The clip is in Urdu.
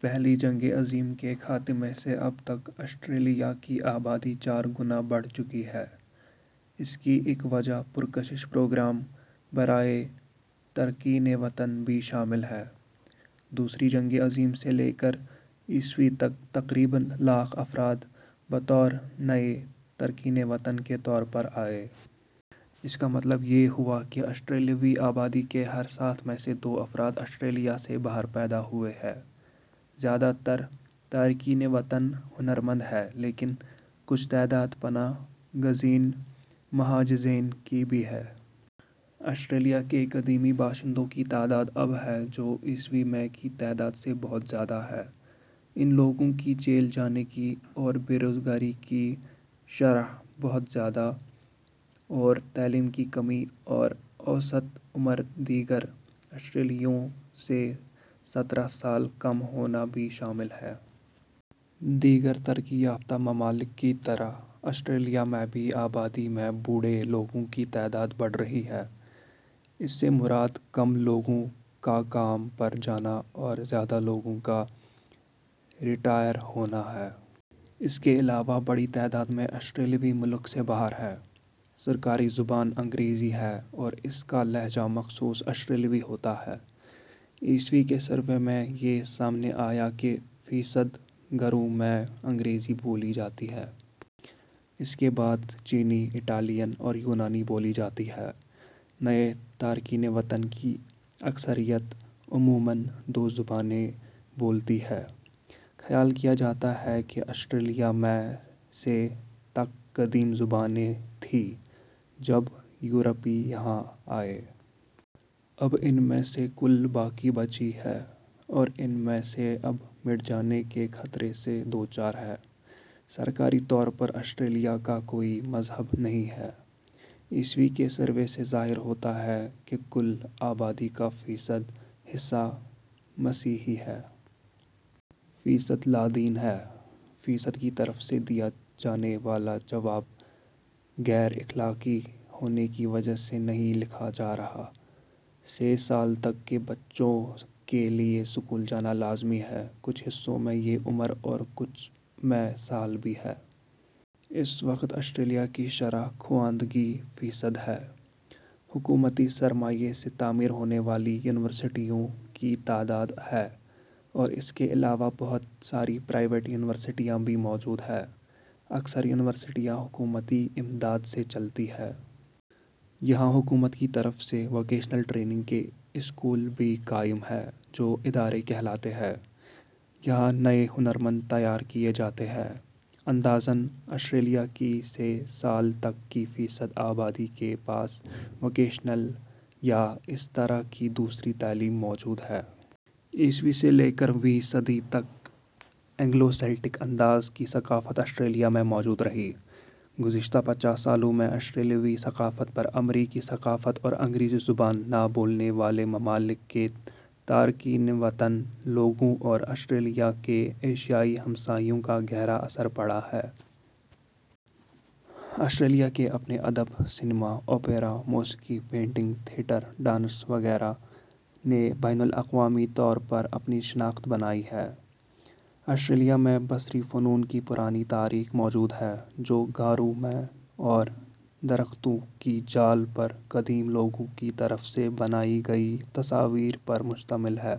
پہلی جنگ عظیم کے خاتمے سے اب تک آسٹریلیا کی آبادی چار گنا بڑھ چکی ہے۔ اس کی ایک وجہ پرکشش پروگرام برائے تارکین وطن بھی شامل ہے۔ دوسری جنگ عظیم سے لے کر ء تک تقریباً لاکھ افراد بطور نئے تارکین وطن کے طور پر آئے۔ اس کا مطلب یہ ہوا کہ آسٹریلوی آبادی کے ہر سات میں سے دو افراد آسٹریلیا سے باہر پیدا ہوئے ہیں۔ زیادہ تر تارکین وطن ہنرمند ہیں لیکن کچھ تعداد پناہ گزین مہاجرین کی بھی ہے۔ آسٹریلیا کے قدیمی باشندوں کی تعداد اب ہے جو ء میں کی تعداد سے بہت زیادہ ہے۔ ان لوگوں کی جیل جانے کی اور بے روزگاری کی شرح بہت زیادہ اور تعلیم کی کمی اور اوسط عمر دیگر آسٹریلیوں سے سترہ سال کم ہونا بھی شامل ہے۔ دیگر ترقی یافتہ ممالک کی طرح آسٹریلیا میں بھی آبادی میں بوڑھے لوگوں کی تعداد بڑھ رہی ہے۔ اس سے مراد کم لوگوں کا کام پر جانا اور زیادہ لوگوں کا ریٹائر ہونا ہے۔ اس کے علاوہ بڑی تعداد میں آسٹریلوی ملک سے باہر ہیں۔ سرکاری زبان انگریزی ہے اور اس کا لہجہ مخصوص آسٹریلوی ہوتا ہے۔ ء کے سروے میں یہ سامنے آیا کہ فیصد گھروں میں انگریزی بولی جاتی ہے۔ اس کے بعد چینی، اٹالین اور یونانی بولی جاتی ہیں۔ نئے تارکین وطن کی اکثریت عموماً دو زبانیں بولتی ہے۔ خیال کیا جاتا ہے کہ آسٹریلیا میں سے تک قدیم زبانیں تھیں جب یورپی یہاں آئے۔ اب ان میں سے کل باقی بچی ہیں اور ان میں سے اب مٹ جانے کے خطرے سے دوچار ہیں۔ سرکاری طور پر آسٹریلیا کا کوئی مذہب نہیں ہے۔ ء کے سروے سے ظاہر ہوتا ہے کہ کل آبادی کا فیصد حصہ مسیحی ہے۔ فیصد لادین ہیں۔ فیصد کی طرف سے دیا جانا والا جواب غیر اخلاقی ہونے کی وجہ سے نہیں لکھا جا رہا۔ سے سال تک کے بچوں کے لیے اسکول جانا لازمی ہے، کچھ حصوں میں یہ عمر اور کچھ میں سال بھی ہے۔ اس وقت آسٹریلیا کی شرح خواندگی فیصد ہے۔ حکومتی سرمائے سے تعمیر ہونے والی یونیورسٹیوں کی تعداد ہے اور اس کے علاوہ بہت ساری پرائیوٹ یونیورسٹیاں بھی موجود ہیں۔ اکثر یونیورسٹیاں حکومتی امداد سے چلتی ہیں۔ یہاں حکومت کی طرف سے ووکیشنل ٹریننگ کے اسکول بھی قائم ہیں جو ادارے کہلاتے ہیں۔ یہاں نئے ہنرمند تیار کیے جاتے ہیں۔ اندازہً آسٹریلیا کی سے سال تک کی فیصد آبادی کے پاس ووکیشنل یا اس طرح کی دوسری تعلیم موجود ہے۔ ء سے لے کر ویں صدی تک اینگلو سیلٹک انداز کی ثقافت آسڑیلیا میں موجود رہی۔ گذشتہ پچاس سالوں میں آسٹریلوی ثقافت پر امریکی ثقافت اور انگریزی زبان نہ بولنے والے ممالک کے تارکین وطن لوگوں اور آسٹریلیا کے ایشیائی ہمسائیوں کا گہرا اثر پڑا ہے۔ آسٹریلیا کے اپنے ادب، سینما، اوپرا، موسیقی، پینٹنگ، تھیٹر، ڈانس وغیرہ نے بین الاقوامی طور پر اپنی شناخت بنائی ہے۔ آسٹریلیا میں بصری فنون کی پرانی تاریخ موجود ہے جو غاروں میں اور درختوں کی چھال پر قدیم لوگوں کی طرف سے بنائی گئی تصاویر پر مشتمل ہے۔